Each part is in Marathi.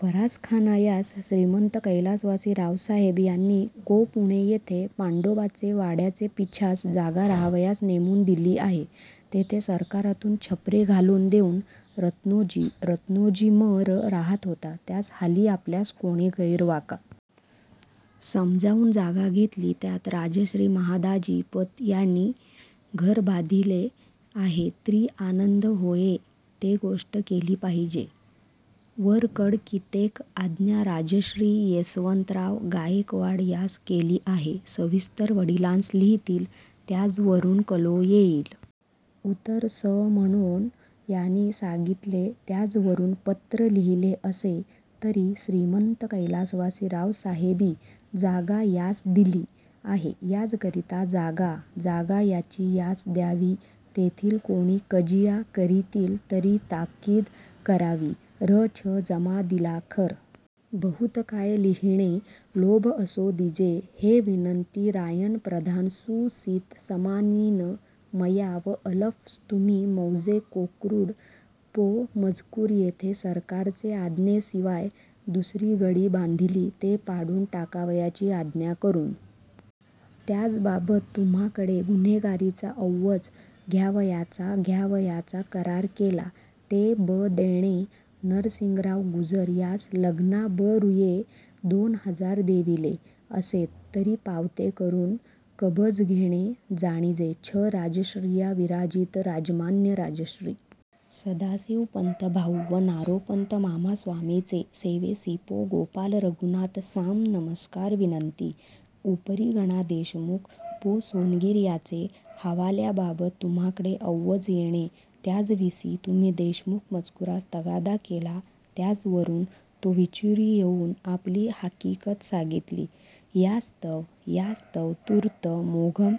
फरासखाना यास श्रीमंत कैलासवासी रावसाहेब यानी काो पुणे येथे पांडोबाचे वाड्याचे पिछास जागा राहावयास नेमून दिल्ही आहे तेथे सरकारातून छपरे घालोन देऊन रत्नोजी रत्नोजी म र राहात होता त्यास हालि आपल्यास कोणी गैरवाका समाजाऊन जागा घेतली त्यात राजश्री महादाजी पत याणी घर बाधिले आहे त्री आनंद होये ते गोष्ट केली पाहिजे वरकड कितेक आज्ञा राजश्री येसवंतराव गायेकवाड यास केली आहे सविस्तर वडिलांस लिहितील त्याजवरून कलो येईल उतर स म्हणोन याणी सागितले त्याजवरून पत्र लिहिले असे तरी श्रीमंत कैलासवासी रावसाहेबी जागा यास दिल्ही आहे याजकरीता जागा जागा याची यास द्यावी तेथील कोणी कजिया करीतील तरी ताकीद करावी र छ जमादिलाखर बहुत काय लिहिणे लोभ असो दिजे हे विनंती रायण प्रधान सु सीत समानीन मया व अलफ तुम्ही मौजे कोकरूढ पाो मजकूर येथे सरकारचे आज्ञे सिवाय दुसरी गढी बांधिली ते पाडून टाकावयाची आज्ञा करून त्याज बाबत तुम्हाकडे गुन्हेगारीचा औवज घ्यावयाचा घ्यावयाचा करार केला ते ब देणे नरसिंगराव गुजर यास लग्ना ब रूये दोन हजार देविले असेत तरी पावते करून कबज घेणे जाणिजे छ राजश्रिया विराजित राजमान्य राजश्री सदासिवपंत भाऊ व नारोपंत मामा स्वामीचे सेवेसी पाो गोपाल रघुनाथ सां नमस्कार विनंती उपरी गणा देशमुख पाो सोनगीर याचे हावाल्याबाबत तुम्हाकडे औवज येणे त्याजविसि तुम्ही देशमुख मजकुरास तगादा केला त्याजवरून तो विचुरी येऊन आपली हाकीकत सागितली यास्तव यास्तव तूर्त मोघम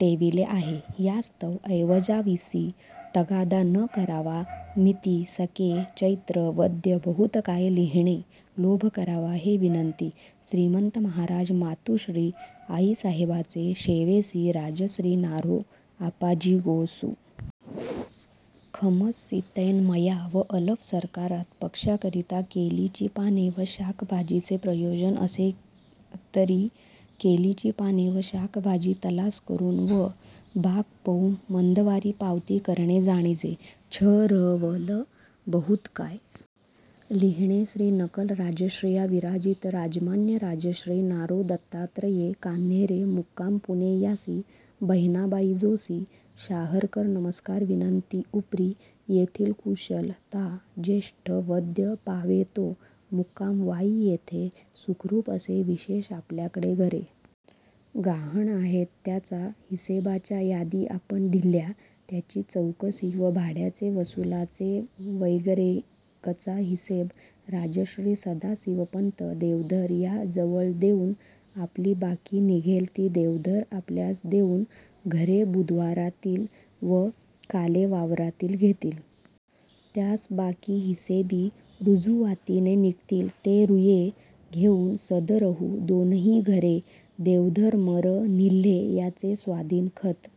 टेविले आहे यास्तव अैवजाविसि तगादा न करावा मिती सके चैत्र वद्य बहुत काय लिहिणे लोभ करावा हे विनंती श्रीमंत माहाराज मातुश्री आईसाहेबाचे शेवेसी राजश्री नारो आपाजी गोा सु।। खमस सीतैन मया व अलफ सरकारात पक्षाकरीता केलीची पाने व शाक भाजीचे प्रयोजन असे तरी केलिची पाने व शाकभाजी तलास करून व बाग पाौ मंदवारी पावती करणे जाणिजे छ र वल बहुत काय लिहिणे श्री नकल राजश्रिया विराजीत राजमान्य राजश्री नारो दतात्रये कान्हेरे मुकाम पुणे यासी बहिणाबाई जोसी शाहरकर नमस्कार विनंती उपरी येथील कुशल ता जेष्ट वद्य पावेतो मुकाम वाई येथे सुखरूप असे विशेष आपल्याकडे घरे गाहण आहेत त्याचा हिसेबाच्या यादी आपण दिल्ह्या त्याची चौकसी व भाड्याचे वसुलाचे वगैरेकचा हिसेब राजश्री सदासिवपंत देवधर या जवल देऊन आपली बाकी निघेल ती देवधर आपल्यास देऊन घरे बुधवारातील व काले वावरातील घेतील त्यास बाकी हिसेबी रूजुवातीने निघतील ते रूये घेऊन सदरहू दोनही घरे देवधर म र निल्हे याचे स्वाधीन खत